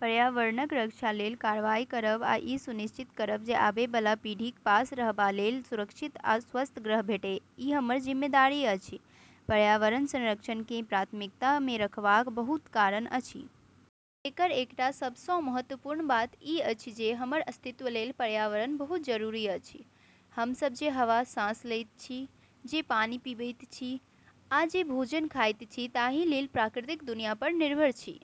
पर्यावरणक रक्षा लेल कार्रवाई करब आ ई सुनिश्चित करब जे आबए बला पीढ़ीक पास रहबा लेल सुरक्षित आ स्वस्थ ग्रह भेटए, ई हमर जिम्मेदारी अछि। पर्यावरण संरक्षणकेँ प्राथमिकता मे रखबाक बहुत कारण अछि। एकर एकटा सबसँ महत्वपूर्ण बात ई अछि जे हमर अस्तित्व लेल पर्यावरण बहुत जरूरी अछि। हम सभ जे हवा साँस लैत छी, जे पानि पीबैत छी, आ जे भोजन खाइत छी ताहि लेल प्राकृतिक दुनिया पर निर्भर छी।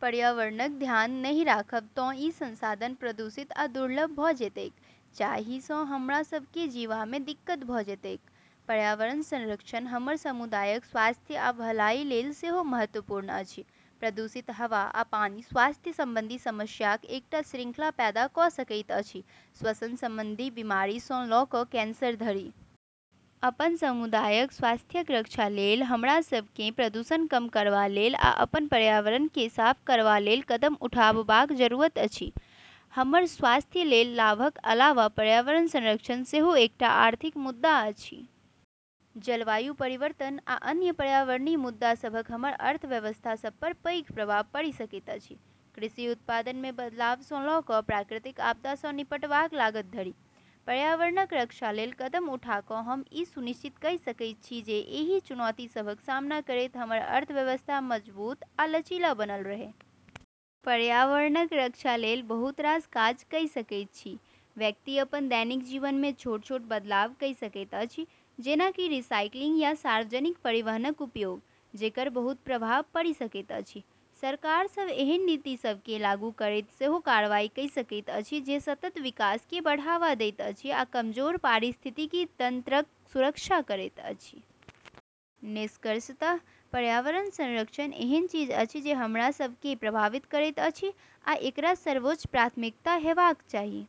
पर्यावरणक ध्यान नहि राखब तँ ई संसाधन प्रदूषित आ दुर्लभ भऽ जेतैक, जाहि सँ हमरा सभ केँ जीबामे दिक्कत भऽ जेतैक। पर्यावरण संरक्षण हमर समुदायक स्वास्थ्य आ भलाइ लेल सेहो महत्वपूर्ण अछि। प्रदूषित हवा आ पानि स्वास्थ्य संबंधी समस्याक एकटा श्रृंखला पैदा कइ सकैत अछि, श्वसन संबंधी बीमारी सँ लऽ कऽ कैंसर धरि। अपन समुदायक स्वास्थ्यक रक्षा लेल हमरा सभ केँ प्रदूषण कम करबा लेल आ अपन पर्यावरणकेँ साफ करबा लेल कदम उठाबबाक जरूरत अछि। हमर स्वास्थ्य लेल लाभक अलावा पर्यावरण संरक्षण सेहो एकटा आर्थिक मुद्दा अछि। जलवायु परिवर्तन आ अन्य पर्यावरणीय मुद्दा सभक हमर अर्थव्यवस्था सभ पर पैघ प्रभाव पड़ि सकैत अछि, कृषि उत्पादन मे बदलाव सँ लऽ कऽ प्राकृतिक आपदा सँ निपटबाक लागत धरि। पर्यावरणक रक्षा लेल कदम उठा कऽ हम ई सुनिश्चित कइ सकैत छी जे एहि चुनौती सभक सामना करैत हमर अर्थव्यवस्था मजबूत आ लचीला बनल रहए। पर्यावरणक रक्षा लेल बहुत रास काज कइ सकैत छी। व्यक्ति अपन दैनिक जीवन मे छोट-छोट बदलाव कइ सकैत अछि, जेना कि रिसाइकिलिंग या सार्वजनिक परिवहनक उपयोग, जेकर बहुत प्रभाव पड़ि सकैत अछि। सरकार सभ एहन नीति सभ केँ लागू करैत सेहो कार्रवाई कइ सकैत अछि जे सतत विकास केँ बढ़ावा दैत अछि आ कमजोर पारिस्थितिकी तंत्रक सुरक्षा करैत अछि। निष्कर्षतः पर्यावरण संरक्षण एहन चीज अछि जे हमरा सभ केँ प्रभावित करैत अछि, आ एकरा सर्वोच्च प्राथमिकता हेबाक चाही।